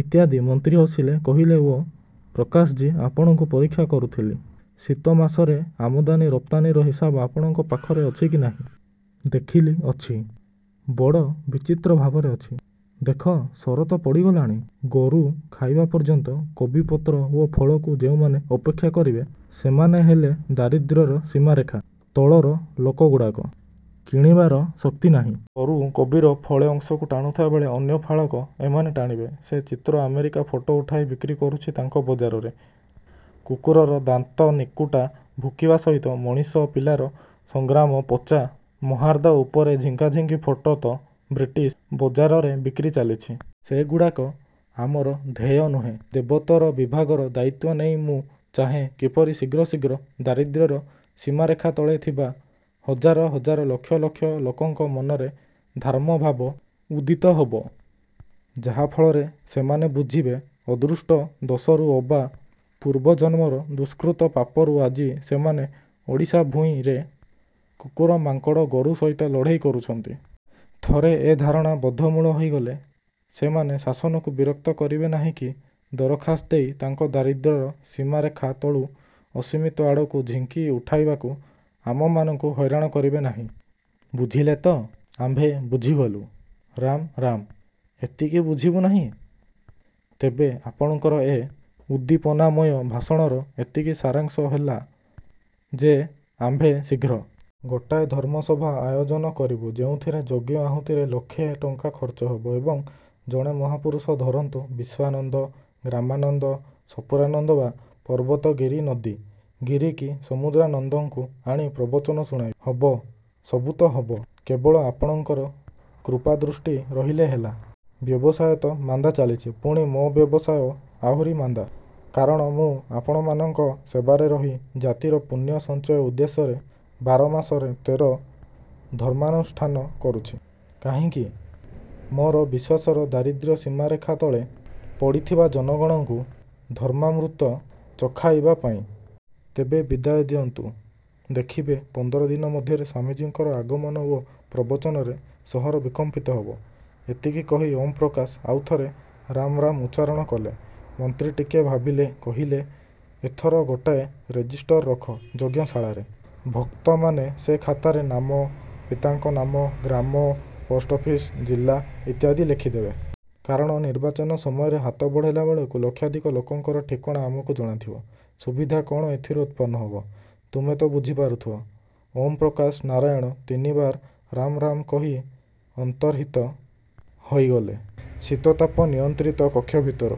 ଇତ୍ୟାଦି ମନ୍ତ୍ରୀ ହସିଲେ-କହିଲେ ଓ ପ୍ରକାଶଜୀ ଆପଣଙ୍କୁ ପରୀକ୍ଷା କରୁଥିଲି.. - ଶୀତ ମାସରେ ଆମଦାନୀ ରପ୍ତାନୀର ହିସାବ ଆପଣଙ୍କ ପାଖରେ ଅଛି କି ନାହିଁ। ଦେଖିଲି, ଅଛି। ବଡ଼ ବିଚିତ୍ର ଭାବରେ ଅଛି। ଦେଖ ଶରତ୍ ପଡ଼ିଗଲାଣି, ଗୋରୁ ଖାଇବା ପର୍ଯ୍ୟନ୍ତ କୋବିପତ୍ର ଓ ଫଳକୁ ଯେଉଁମାନେ ଅପେକ୍ଷା କରିବେ, ସେମାନେ ହେଲେ ଦାରିଦ୍ର୍ୟର ସୀମାରେଖା ତଳର ଲୋକଗୁଡ଼ାକ, କିଣିବାର ଶକ୍ତି ନାହିଁ। ଗୋରୁ କୋବିର ଫଳେ ଅଂଶକୁ ଟାଣୁଥିବାବେଳେ ଅନ୍ୟ ଫାଳକ ଏମାନେ ଟାଣିବେ। ସେ ଚିତ୍ର ଆମେରିକା ଫଟୋ ଉଠାଇ ବିକ୍ରି କରୁଛି ତାଙ୍କ ବଜାରରେ। କୁକୁରର ଦାନ୍ତନିକୁଟା ଭୁକିବା ସହିତ ମଣିଷ ପିଲାର ସଂଗ୍ରାମ ପଚା ମହାର୍ଦ ଉପରେ ଝିଙ୍କାଝିଙ୍କି ଫଟୋ ତ ବ୍ରିଟିଶ ବଜାରରେ ବିକ୍ରି ଚାଲିଛି। ସେଗୁଡ଼ାକ ଆମର ଧ୍ୟେୟ ନୁହେଁ। ଦେବୋତ୍ତର ବିଭାଗର ଦାୟିତ୍ଵ ନେଇ ମୁଁ ଚାହେଁ କିପରି ଶୀଘ୍ର ଶୀଘ୍ର ଦାରିଦ୍ର୍ୟର ସୀମାରେଖା ତଳେ ଥିବା ହଜାର ହଜାର ଲକ୍ଷ ଲକ୍ଷ ଲୋକଙ୍କ ମନରେ ଧାର୍ମଭାବ ଉଦିତ ହେବ, ଯାହା ଫଳରେ ସେମାନେ ବୁଝିବେ ଅଦୃଷ୍ଟ ଦୋଷରୁ ଅବା ପୂର୍ବଜନ୍ମର ଦୁଷ୍କୃତ ପାପରୁ ଆଜି ସେମାନେ ଓଡ଼ିଶା ଭୂଇଁରେ କୁକୁର, ମାଙ୍କଡ଼, ଗୋରୁ ସହିତ ଲଢ଼େଇ କରୁଛନ୍ତି। ଥରେ ଏ ଧାରଣା ବଦ୍ଧମୂଳ ହୋଇଗଲେ, ସେମାନେ ଶାସନକୁ ବିରକ୍ତ କରିବେନାହିଁ କି ଦରଖାସ୍ତ ଦେଇ ତାଙ୍କୁ ଦାରିଦ୍ର୍ୟର ସୀମାରେଖା ତଳୁ ଅସୀମତ ଆଡ଼କୁ ଝିଙ୍କି ଉଠାଇବାକୁ ଆମମାନଙ୍କୁ ହଇରାଣ କରିବେନାହିଁ। ବୁଝିଲେ ତ? ଆମ୍ଭେ ବୁଝିଗଲୁ ରାମ୍ ରାମ୍ ଏତିକି ବୁଝିବୁନାହିଁ? ତେବେ ଆପଣଙ୍କର ଏ ଉଦ୍ଦୀପନାମୟ ଭାଷଣର ଏତିକି ସାରାଂଶ ହେଲା ଯେ ଆମ୍ଭେ ଶୀଘ୍ର। ଗୋଟାଏ ଧର୍ମସଭା ଆୟୋଜନ କରିବୁ ଯେଉଁଥିରେ ଯଜ୍ଞ ଆହୁତିରେ ଲକ୍ଷେ ଟଙ୍କା ଖର୍ଚ୍ଚ ହେବ ଏବଂ ଜଣେ ମହାପୁରୁଷ ଧରନ୍ତୁ ବିଶ୍ଵାନନ୍ଦ, ଗ୍ରାମାନନ୍ଦ, ସପୁରାନନ୍ଦ ବା ପର୍ବତ ଗିରି-ନଦୀ ଗିରି କି ସମୁଦ୍ରାନନ୍ଦଙ୍କୁ ଆଣି ପ୍ରବଚନ ଶୁଣାଇବୁ। ହବ, ସବୁ ହବ। କେବଳ ଆପଣଙ୍କର କୃପାଦୃଷ୍ଟି ରହିଲେ ହେଲା। ବ୍ୟବସାୟ ତ ମାନ୍ଦା ଚାଲିଛି, ପୁଣି ମୋ ବ୍ୟବସାୟ ଆହୁରି ମାନ୍ଦା। କାରଣ ମୁଁ ଆପଣମାନଙ୍କ ସେବାରେ ରହି ଜାତିର ପୁଣ୍ୟ ସଞ୍ଚୟ ଉଦ୍ଦେଶ୍ୟରେ ବାରମାସରେ ତେର ଧର୍ମାନୁଷ୍ଠାନ କରୁଛି। କାହିଁକି? ମୋର ବିଶ୍ଵାସର ଦାରିଦ୍ର୍ୟ ସୀମାରେଖା ତଳେ ପଡ଼ିଥିବା ଜନଗଣଙ୍କୁ ଧର୍ମାମୃତ ଚଖାଇବା ପାଇଁ। ତେବେ ବିଦାୟ ଦିଅନ୍ତୁ। ଦେଖିବେ ପନ୍ଦର ଦିନ ମଧ୍ୟରେ ସ୍ଵାମୀଜିଙ୍କର ଆଗମନ ଓ ପ୍ରବଚନରେ ସହର ବିକମ୍ପିତ ହେବ। ଏତିକି କହି ଓମ ପ୍ରକାଶ ଆଉ ଥରେ ରାମ୍ ରାମ୍ ଉଚ୍ଚାରଣ କଲେ। ମନ୍ତ୍ରୀ ଟିକିଏ ଭାବିଲେ-କହିଲେ-ଏଥର ଗୋଟାଏ ରେଜିଷ୍ଟର ରଖ ଯଜ୍ଞଶାଳାରେ। ଭକ୍ତମାନେ ସେ ଖାତାରେ ନାମ, ପିତାଙ୍କ ନାମ, ଗ୍ରାମ, ପୋଷ୍ଟ ଅଫିସ, ଜିଲ୍ଲା ଇତ୍ୟାଦି ଲେଖିଦେବେ। କାରଣ ନିର୍ବାଚନ ସମୟରେ ହାତ ବଢ଼ାଇଲାବେଳକୁ ଲକ୍ଷାଧିକ ଲୋକଙ୍କର ଠିକଣା ଆମକୁ ଜଣାଥିବ। ସୁବିଧା କଣ ଏଥିରୁ ଉତ୍ପନ୍ନ ହେବ, ତୁମେ ତ ବୁଝିପାରୁଥିବ-। ଓଁ ପ୍ରକାଶ ନାରାୟଣ ତିନିବାର ରାମ୍ ରାମ୍ କହି ଅନ୍ତର୍ହିତ ହୋଇଗଲେ ଶୀତତାପ ନିୟନ୍ତ୍ରିତ କକ୍ଷ ଭିତରୁ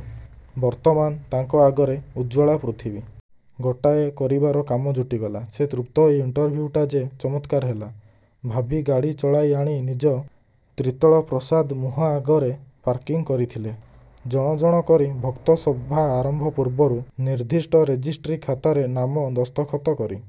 ବର୍ତ୍ତମାନ ତାଙ୍କ ଆଗରେ ଉଜ୍ଜ୍ଵଳା ପୃଥିବୀ। ଗୋଟାଏ କରିବାର କାମ ଜୁଟିଗଲା। ସେ ତୃପ୍ତହୋଇ ଇଣ୍ଟରଭିଉଟା ଯେ ଚମତ୍କାର ହେଲା, ଭାବି ଗାଡ଼ି ଚଳାଇ ଆଣି ନିଜ ତ୍ରିତଳ ପ୍ରସାଦ ମୁହଁ ଆଗରେ ପାର୍କିଂ କରିଥିଲେ। ଜଣ ଜଣ କରି ଭକ୍ତ ସଭା ଆରମ୍ଭ ପୂର୍ବରୁ ନିର୍ଦ୍ଦିଷ୍ଟ ରେଜିଷ୍ଟ୍ରି ଖାତାରେ ନାମ ଦସ୍ତଖତ କରି